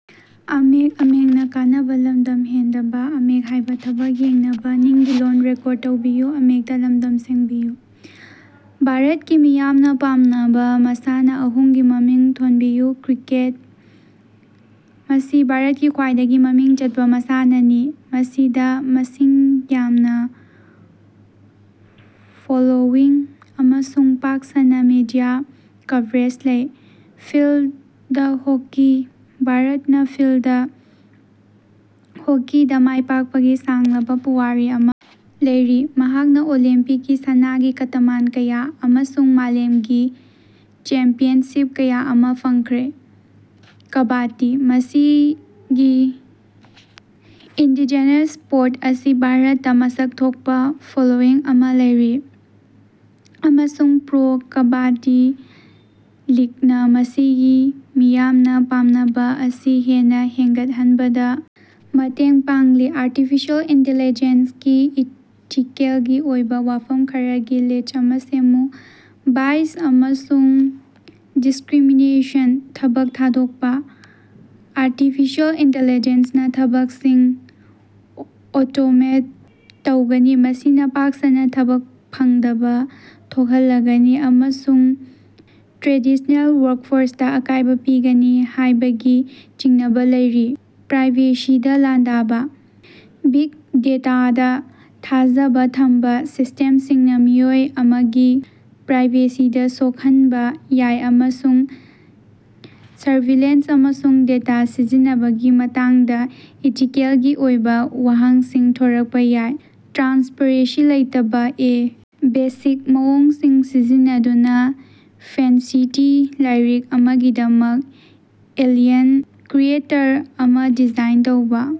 ꯚꯥꯔꯠꯀꯤ ꯃꯤꯌꯥꯝꯅ ꯄꯥꯝꯅꯕ ꯃꯁꯥꯟꯅꯥ ꯑꯍꯨꯝꯒꯤ ꯃꯃꯤꯡ ꯊꯣꯟꯕꯤꯌꯨ꯫ ꯀ꯭ꯔꯤꯀꯦꯠ: ꯃꯁꯤ ꯚꯥꯔꯠꯀꯤ ꯈ꯭ꯋꯥꯏꯗꯒꯤ ꯃꯃꯤꯡ ꯆꯠꯄ ꯃꯁꯥꯟꯅꯅꯤ, ꯃꯁꯤꯗ ꯃꯁꯤꯡ ꯌꯥꯝꯅ ꯐꯣꯂꯣꯋꯤꯡ ꯑꯃꯁꯨꯡ ꯄꯥꯛ ꯁꯟꯅ ꯃꯤꯗꯤꯌꯥ ꯀꯚꯔꯦꯖ ꯂꯩ꯫ ꯐꯤꯜꯗ ꯍꯣꯀꯤ: ꯚꯥꯔꯠꯅ ꯐꯤꯜꯗ ꯍꯣꯀꯤꯗ ꯃꯥꯏꯄꯥꯛꯄꯒꯤ ꯁꯥꯡꯂꯕ ꯄꯨꯋꯥꯔꯤ ꯑꯃ ꯂꯩꯔꯤ, ꯃꯍꯥꯛꯅ ꯑꯣꯂꯦꯝꯄꯤꯛꯁꯀꯤ ꯁꯅꯥꯒꯤ ꯀꯇꯃꯥꯟ ꯀꯌꯥ ꯑꯃꯁꯨꯡ ꯃꯥꯂꯦꯝꯒꯤ ꯆꯦꯝꯄꯤꯌꯟꯁꯤꯞ ꯀꯌꯥ ꯑꯃ ꯐꯪꯈ꯭ꯔꯦ꯫ ꯀꯕꯥꯗꯗꯤ: ꯃꯁꯤꯒꯤ ꯏꯟꯗꯤꯖꯦꯅꯁ ꯁ꯭ꯄꯣꯔꯠ ꯑꯁꯤ ꯚꯥꯔꯠꯇ ꯃꯁꯛ ꯊꯣꯛꯄ ꯐꯣꯂꯣꯋꯤꯡ ꯑꯃ ꯂꯩꯔꯤ, ꯑꯃꯁꯨꯡ ꯄ꯭ꯔꯣ ꯀꯕꯥꯗꯗꯤ ꯂꯤꯒꯅ ꯃꯁꯤꯒꯤ ꯃꯤꯌꯥꯝꯅ ꯄꯥꯝꯅꯕ ꯑꯁꯤ ꯍꯦꯟꯅ ꯍꯦꯟꯒꯠꯍꯟꯕꯗ ꯃꯇꯦꯡ ꯄꯥꯡꯂꯤ꯫ ꯑꯥꯔꯇꯤꯐꯤꯁꯤꯑꯦꯜ ꯏꯟꯇꯤꯂꯤꯖꯦꯟꯁ ꯒꯤ ꯏꯊꯤꯀꯦꯜꯒꯤ ꯑꯣꯏꯕ ꯋꯥꯐꯝ ꯈꯔꯒꯤ ꯂꯤꯁ꯭ꯠ ꯑꯃ ꯁꯦꯝꯃꯨ꯫ ꯕꯥꯏꯁ ꯑꯃꯁꯨꯡ ꯗꯤꯁꯀ꯭ꯔꯤꯃꯤꯅꯦꯁꯟ: ꯊꯕꯛ ꯊꯥꯗꯣꯀꯄꯥ: ꯑꯥꯔꯇꯤꯐꯤꯁꯤꯑꯦꯜ ꯏꯟꯇꯤꯂꯤꯖꯦꯟꯁ ꯅ ꯊꯕꯛꯁꯤꯡ ꯑꯣꯇꯣꯃꯦꯠ ꯇꯧꯒꯅꯤ, ꯃꯁꯤꯅ ꯄꯥꯛ ꯁꯟꯅ ꯊꯕꯛ ꯐꯪꯗꯕ ꯊꯣꯛꯍꯜꯂꯒꯅꯤ ꯑꯃꯁꯨꯡ ꯇ꯭ꯔꯦꯗꯤꯁ꯭ꯅꯦꯜ ꯋꯥꯔꯛꯐꯣꯔꯁꯇ ꯑꯀꯥꯏꯕ ꯄꯤꯒꯅꯤ ꯍꯥꯏꯕꯒꯤ ꯆꯤꯡꯅꯕ ꯂꯩꯔꯤ꯫ ꯄ꯭ꯔꯥꯏꯚꯦꯁꯤꯗ ꯂꯥꯟꯗꯥꯕ: ꯕꯤꯒ ꯗꯦꯇꯥꯗ ꯊꯥꯖꯕ ꯊꯝꯕ ꯁꯤꯁꯇꯦꯝꯁꯤꯡꯅ ꯃꯤꯑꯣꯏ ꯑꯃꯒꯤ ꯄ꯭ꯔꯥꯏꯚꯦꯁꯤꯗ ꯁꯣꯛꯍꯟꯕ ꯌꯥꯏ ꯑꯃꯁꯨꯡ ꯁꯔꯚꯤꯂꯦꯟꯁ ꯑꯃꯁꯨꯡ ꯗꯦꯇꯥ ꯁꯤꯖꯤꯟꯅꯕꯒꯤ ꯃꯇꯥꯡꯗꯥ ꯏꯊꯤꯀꯦꯜꯒꯤ ꯑꯣꯏꯕꯥ ꯋꯥꯍꯪꯁꯤꯡ ꯊꯣꯔꯀꯄꯥ ꯌꯥꯏ꯫ ꯇ꯭ꯔꯥꯟꯁꯄꯔꯦꯟꯁꯤ ꯂꯩꯇꯕ: ꯑꯦ. ꯕꯦꯁꯤꯛ ꯃꯑꯣꯡꯁꯤꯡ ꯁꯤꯖꯤꯟꯅꯗꯨꯅ ꯐꯦꯟꯁꯤꯇꯤ ꯂꯥꯏꯔꯤꯛ ꯑꯃꯒꯤꯗꯃꯛ ꯑꯦꯂꯤꯌꯟ ꯀ꯭ꯔꯤꯌꯦꯇꯔ ꯑꯃ ꯗꯤꯖꯥꯏꯟ ꯇꯧꯕ꯫